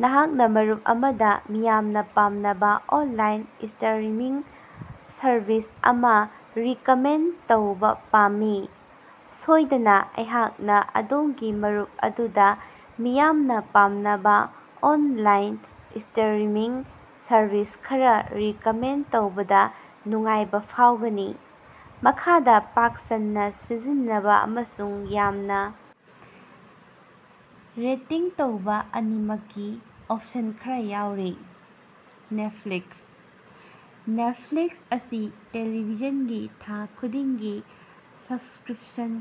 ꯅꯍꯥꯛꯅ ꯃꯔꯨꯞ ꯑꯃꯗ ꯃꯤꯌꯥꯝꯅ ꯄꯥꯝꯅꯕ ꯑꯣꯟꯂꯥꯏꯟ ꯁ꯭ꯇꯔꯤꯃꯤꯡ ꯁꯔꯚꯤꯁ ꯑꯃ ꯔꯤꯀꯃꯦꯟꯗ ꯇꯧꯕ ꯄꯥꯝꯃꯤ꯫ ꯁꯣꯏꯗꯅ, ꯑꯩꯍꯥꯛꯅ ꯑꯗꯣꯝꯒꯤ ꯃꯔꯨꯞ ꯑꯗꯨꯗ ꯃꯤꯌꯥꯝꯅ ꯄꯥꯝꯅꯕ ꯑꯣꯟꯂꯥꯏꯟ ꯁ꯭ꯇꯔꯤꯃꯤꯡ ꯁꯔꯚꯤꯁ ꯈꯔꯥ ꯔꯤꯀꯃꯦꯟꯗ ꯇꯧꯕꯗ ꯅꯨꯡꯉꯥꯏꯕ ꯐꯥꯎꯒꯅꯤ꯫ ꯃꯈꯥꯗ ꯄꯥꯛ ꯁꯟꯅꯥ ꯁꯤꯖꯤꯟꯅꯕ ꯑꯃꯁꯨꯡ ꯌꯥꯝꯅ ꯔꯦꯇꯤꯡ ꯇꯧꯕ ꯑꯅꯤꯃꯛꯀꯤ ꯑꯣꯞꯁꯟ ꯈꯔꯥ ꯌꯥꯎꯔꯤ, ꯅꯦꯠꯐ꯭ꯂꯤꯛꯁ - ꯅꯦꯠꯐ꯭ꯂꯤꯛꯁ ꯑꯁꯤ ꯇꯦꯂꯤꯚꯤꯖꯟꯒꯤ ꯊꯥ ꯈꯨꯗꯤꯡꯒꯤ ꯁꯕꯁꯀ꯭ꯔꯤꯞꯁꯟ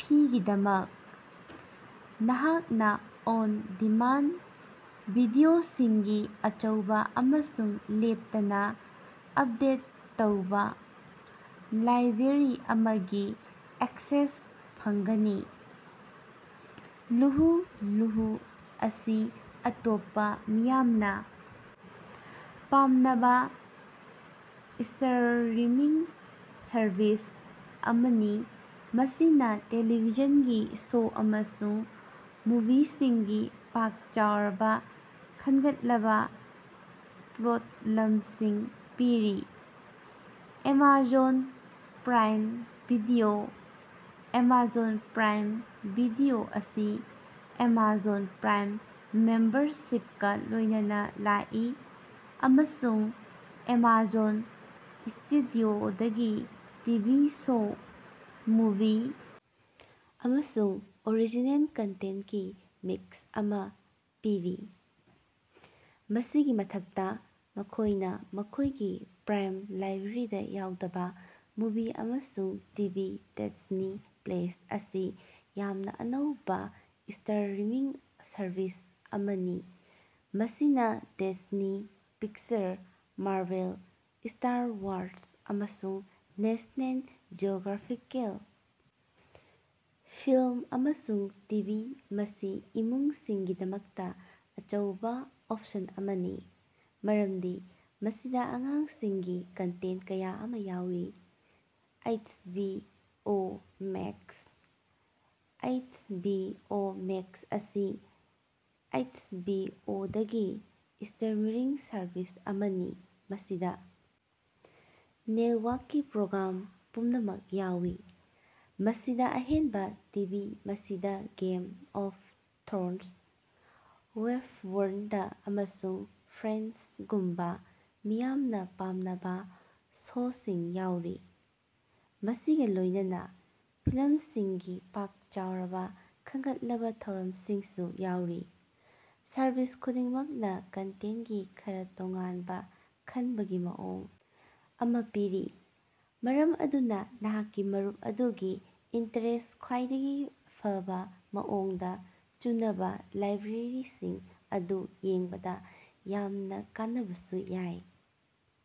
ꯐꯤꯒꯤꯗꯃꯛ, ꯅꯍꯥꯛꯅ ꯑꯣꯟ-ꯗꯤꯃꯥꯟꯗ ꯚꯤꯗꯤꯑꯣꯁꯤꯡꯒꯤ ꯑꯆꯧꯕ ꯑꯃꯁꯨꯡ ꯂꯦꯞꯇꯅ ꯑꯞꯗꯦꯠ ꯇꯧꯕ ꯂꯥꯏꯕ꯭ꯔꯦꯔꯤ ꯑꯃꯒꯤ ꯑꯦꯛꯁꯦꯁ ꯐꯪꯒꯅꯤ꯫ ꯍꯨꯂꯨ - ꯍꯨꯂꯨ ꯑꯁꯤ ꯑꯇꯣꯞꯄ ꯃꯤꯌꯥꯝꯅ ꯄꯥꯝꯅꯕ ꯁ꯭ꯇꯔꯤꯃꯤꯡ ꯁꯔꯚꯤꯁ ꯑꯃꯅꯤ ꯃꯁꯤꯅ ꯇꯦꯂꯤꯚꯤꯖꯟꯒꯤ ꯁꯣ ꯑꯃꯁꯨꯡ ꯃꯨꯚꯤꯁꯤꯡꯒꯤ ꯄꯥꯛ ꯆꯥꯎꯔꯕ ꯈꯟꯒꯠꯂꯕ ꯄꯣꯠꯂꯝꯁꯤꯡ ꯄꯤꯔꯤ꯫ Amazon Prime video - Amazon Prime video ꯑꯁꯤ ꯑꯦꯃꯥꯖꯣꯟ ꯄ꯭ꯔꯥꯏꯝ ꯃꯦꯝꯕꯔꯁꯤꯞꯀ ꯂꯣꯏꯅꯅ ꯂꯥꯛꯏ, ꯑꯃꯁꯨꯡ ꯑꯦꯃꯥꯖꯣꯟ ꯁ꯭ꯇꯨꯗꯤꯑꯣꯗꯒꯤ ꯇꯤꯚꯤ ꯁꯣ, ꯃꯨꯚꯤ, ꯑꯃꯁꯨꯡ ꯑꯣꯔꯤꯖꯤꯅꯦꯜ ꯀꯟꯇꯦꯟꯇꯀꯤ ꯃꯤꯛꯁ ꯑꯃ ꯄꯤꯔꯤ꯫ ꯃꯁꯤꯒꯤ ꯃꯊꯛꯇ, ꯃꯈꯣꯏꯅ‌ ꯃꯈꯣꯏꯒꯤ ꯄ꯭ꯔꯥꯏꯝ ꯂꯥꯏꯕ꯭ꯔꯦꯔꯤꯗ ꯌꯥꯎꯗꯕ ꯃꯨꯚꯤ ꯑꯃꯁꯨꯡ ꯇꯤꯚꯤ ꯗꯤꯖꯅꯤ ꯄ꯭ꯂꯁ ꯑꯁꯤ ꯌꯥꯝꯅ ꯑꯅꯧꯕ ꯁ꯭ꯇꯔꯤꯃꯤꯡ ꯁꯔꯚꯤꯁ ꯑꯃꯅꯤ ꯃꯁꯤꯅ Disney, Pixar, Marvel, Star Wars, ꯑꯃꯁꯨꯡ ꯅꯦꯁ꯭ꯅꯦꯜ ꯖꯤꯑꯣꯒ꯭ꯔꯥꯐꯤꯀꯦꯜꯒꯤ ꯐꯤꯜꯃ ꯑꯃꯁꯨꯡ ꯇꯤꯚꯤ ꯃꯁꯤ ꯏꯃꯨꯡꯁꯤꯡꯒꯤꯗꯃꯛꯇ ꯑꯆꯧꯕ‌ ꯑꯣꯞꯁꯟ ꯑꯃꯅꯤ, ꯃꯔꯝꯗꯤ ꯃꯁꯤꯗ ꯑꯉꯥꯡꯁꯤꯡꯒꯤ ꯀꯟꯇꯦꯟꯇ ꯀꯌꯥ ꯑꯃ ꯌꯥꯎꯔꯤ꯫ H B O Max - H B O Max ꯑꯁꯤ ꯑꯩꯆ ꯕꯤ ꯑꯣ ꯗꯒꯤ ꯁ꯭ꯇꯔꯤꯃꯤꯡ ꯁꯔꯚꯤꯁ ꯑꯃꯅꯤ ꯃꯁꯤꯗ ꯅꯦꯠꯋꯥꯔꯛꯀꯤ ꯄ꯭ꯔꯣꯒ꯭ꯔꯥꯝ ꯄꯨꯝꯅꯃꯛ ꯌꯥꯎꯏ, ꯃꯁꯤꯗ ꯑꯍꯦꯟꯕ ꯇꯤꯚꯤ ꯃꯁꯤꯗ ꯒꯦꯝ ꯑꯣꯐ ꯊ꯭ꯔꯣꯟꯁ, ꯋꯦꯁ꯭ꯇꯋꯔꯜꯗ, ꯑꯃꯁꯨꯡ ꯐ꯭ꯔꯦꯟꯗꯁꯒꯨꯝꯕ ꯃꯤꯌꯥꯝꯅ ꯄꯥꯝꯅꯕ ꯁꯣꯁꯤꯡ ꯌꯥꯎꯔꯤ, ꯃꯁꯤꯒ ꯂꯣꯏꯅꯅ ꯐꯤꯜꯃꯁꯤꯡꯒꯤ ꯄꯥꯛ ꯆꯥꯎꯔꯕ ꯈꯟꯒꯠꯂꯕ ꯊꯧꯔꯝꯁꯤꯡꯁꯨ ꯌꯥꯎꯔꯤ꯫ ꯁꯔꯚꯤꯁ ꯈꯨꯗꯤꯡꯃꯛꯅ ꯀꯟꯇꯦꯟꯇꯀꯤ ꯈꯔꯥ ꯇꯣꯉꯥꯟꯕ ꯈꯅꯕꯒꯤ ꯃꯑꯣꯡ ꯑꯃ ꯄꯤꯔꯤ, ꯃꯔꯝ ꯑꯗꯨꯅ ꯅꯍꯥꯛꯀꯤ ꯃꯔꯨꯞ ꯑꯗꯨꯒꯤ ꯏꯟꯇ꯭ꯔꯦꯁꯠꯇꯥ ꯈ꯭ꯋꯥꯏꯗꯒꯤ ꯐꯕꯥ ꯃꯑꯣꯡꯗ ꯆꯨꯅꯕꯥ ꯂꯥꯏꯕ꯭ꯔꯦꯔꯤꯁꯤꯡ ꯑꯗꯨ ꯌꯦꯡꯕꯗ ꯌꯥꯝꯅ‌ ꯀꯥꯟꯅꯕꯁꯨ ꯌꯥꯏ꯫